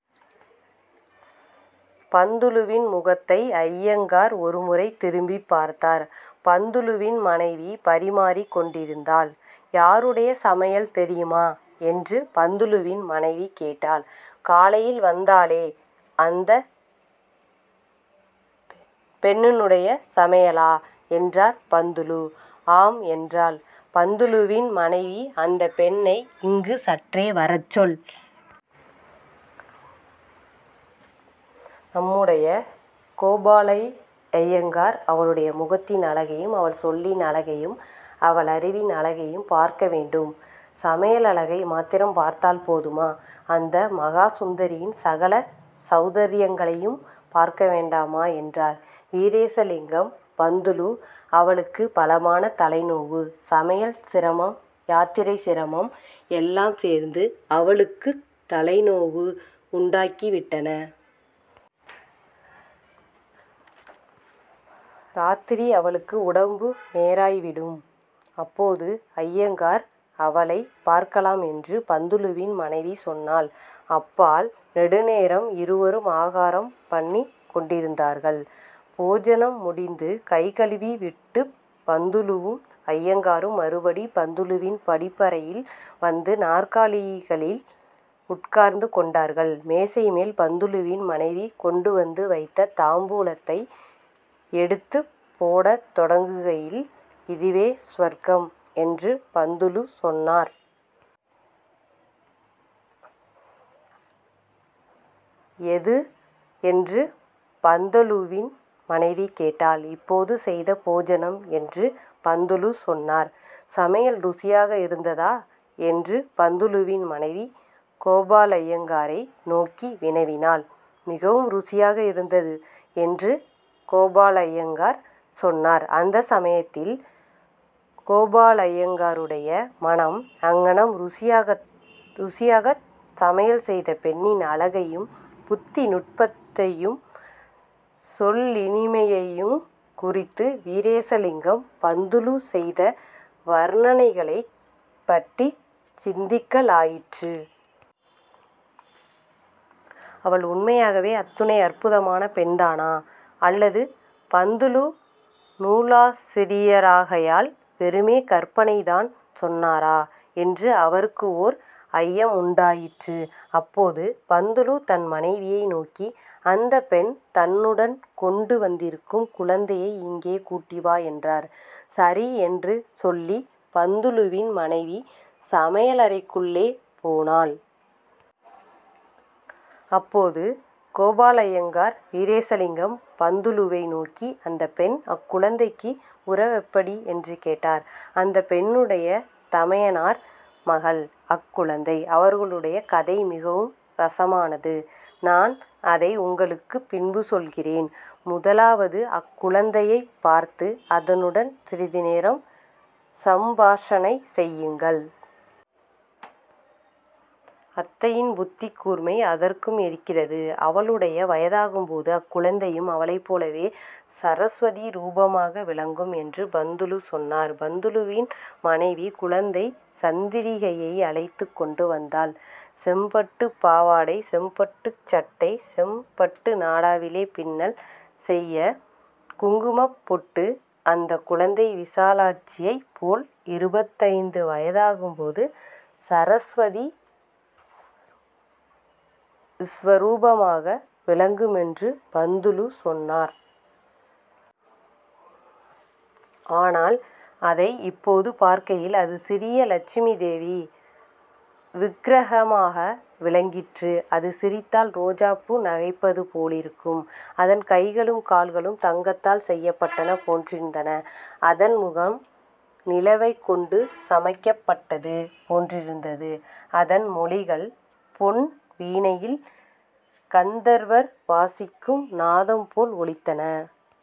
பந்துலுவின் முகத்தை அய்யங்கார் ஒரு முறை திரும்பிப் பார்த்தார். பந்துலுவின் மனைவி பரிமாறிக் கொண்டிருந்தாள். ''யாருடைய சமையல் தெரியுமா? '' என்று பந்துலுவின் மனைவி கேட்டாள். ''காலையில் வந்தாளே, அந்தப் பெண்ணுடைய சமையலா? '' என்றார் பந்துலு. ''ஆம்'' என்றாள் பந்துலுவின் மனைவி. ''அந்தப் பெண்ணை இங்கு சற்றே வரச்சொல். நம்முடைய கோபாலய்யங்கார் அவளுடைய முகத்தின் அழகையும் அவள் சொல்லின் அழகையும் அவளறிவின் அழகையும் பார்க்க வேண்டும். சமையலழகை மாத்திரம் பார்த்தால் போதுமா? அந்த மகா சுந்தரியின் சகல சௌந்தர்யங்களையும் பார்க்க வேண்டாமா? '' என்றார் வீரேசலிங்கம் பந்துலு. ''அவளுக்கு பலமான தலைநோவு. சமையல் சிரமம் யாத்திரை சிரமம் எல்லாம் சேர்ந்து அவளுக்குத் தலைநோவு உண்டாக்கிவிட்டன. இராத்திரி அவளுக்கு உடம்பு நேராய் விடும். அப்போது அய்யங்கார் அவளைப் பார்க்கலாம்'' என்று பந்துலுவின் மனைவி சொன்னாள். அப்பால் நெடுநேரம் இருவரும் ஆகாரம் பண்ணிக் கொண்டிருந்தார்கள். போஜனம் முடிந்து கைகழுவிவிட்டுப் பந்துலுவும் அய்யங்காரும் மறுபடி பந்துலுவின் படிப்பறையில் வந்து நாற்காலிகளில் உட்கார்ந்து கொண்டார்கள். மேஜைமேல் பந்துலுவின் மனைவி கொண்டு வந்து வைத்த தாம்பூலத்தை எடுத்துப் போடத் தொடங்குகையில் ''இதுவே சுவர்க்கம்'' என்று பந்துலு சொன்னார். ''எது? '' என்று பந்தலுவின் மனைவி கேட்டாள். ''இப்போது செய்த போஜனம்'' என்று பந்துலு சொன்னார். ''சமையல் ருசியாக இருந்ததா? '' என்று பந்துலுவின் மனைவி கோபாலய்யங்காரை நோக்கி வினவினாள். ''மிகவும் ருசியாக இருந்தது'' என்று கோபாலய்யங்கார் சொன்னார். அந்த சமயத்தில் கோபாலய்யங்காருடைய மனம் அங்ஙனம் ருசியாகச் சமையல் செய்த பெண்ணின் அழகையும், புத்தி நுட்பத்தையும், சொல்லினிமையையுங் குறித்து வீரேசலிங்கம் பந்துலு செய்த வர்ணனைகளைப் பற்றிச் சிந்திக்கலாயிற்று. அவள், உண்மையாகவே அத்தனை அற்புதமான பெண்தானா? அல்லது பந்துலு நூலாசிரியராகையால் வெறுமே கற்பனை தான் சொன்னாரா? '' என்று அவருக்கு ஓர் ஐயமுண்டாயிற்று. அப்போது பந்துலு தன் மனைவியை நோக்கி, ''அந்தப் பெண் தன்னுடன் கொண்டு வந்திருக்கும் குழந்தையை இங்கே கூட்டி வா'' என்றார். ''சரி'' என்று சொல்லிப் பந்துலுவின் மனைவி சமையலறைக்குள்ளே போனாள். அப்போது கோபாலய்யங்கார் வீரேசலிங்கம் பந்துலுவை நோக்கி:- ''அந்தப் பெண் அக்குழந்தைக்கு உறவெப்படி? '' என்று கேட்டார். ''அந்தப் பெண்ணுடைய தமையனார் மகள் அக்குழந்தை. அவர்களுடைய கதை மிகவும் ரஸமானது. நான் அதை உங்களுக்குப் பின்பு சொல்லுகிறேன். முதலாவது, அக்குழந்தையைப் பார்த்து அதனுடன் சிறிது நேரம் சம்பாஷணை செய்யுங்கள். அத்தையின் புத்திக்கூர்மை அதற்கும் இருக்கிறது. அவளுடைய வயதாகும்போது அக்குழந்தையும் அவளைப் போலவே சரஸ்வதி ரூபமாக விளங்கும்'' என்று பந்துலு சொன்னார். பந்துலுவின் மனைவி குழந்தை சந்திரிகையை அழைத்துக் கொண்டு வந்தாள். செம்பட்டுப் பாவாடை; செம்பட்டுச் சட்டை; செம்பட்டு நாடாவிலே பின்னல், செய்ய குங்குமப் பொட்டு, அந்தக் குழந்தை விசாலாட்சியைப் போல் இருபத்தைந்து வயதாகும்போது சரஸ்வதி ஸ்வரூபமாக விளங்குமென்று பந்துலு சொன்னார். ஆனால் அதை இப்போது பார்க்கையில் அது சிறிய லட்சுமிதேவி விக்ரஹமாக விளங்கிற்று. அது சிரித்தால் ரோஜாப்பூ நகைப்பது போலிருக்கும். அதன் கைகளும் கால்களும் தங்கத்தால் செய்யப்பட்டன போன்றிருந்தன. அதன் முகம் நிலவைக் கொண்டு சமைக்கப்பட்டது போன்றிருந்தது. அதன் மொழிகள் பொன் வீணையில் கந்தர்வர் வாசிக்கும் நாதம்போல் ஒலித்தன.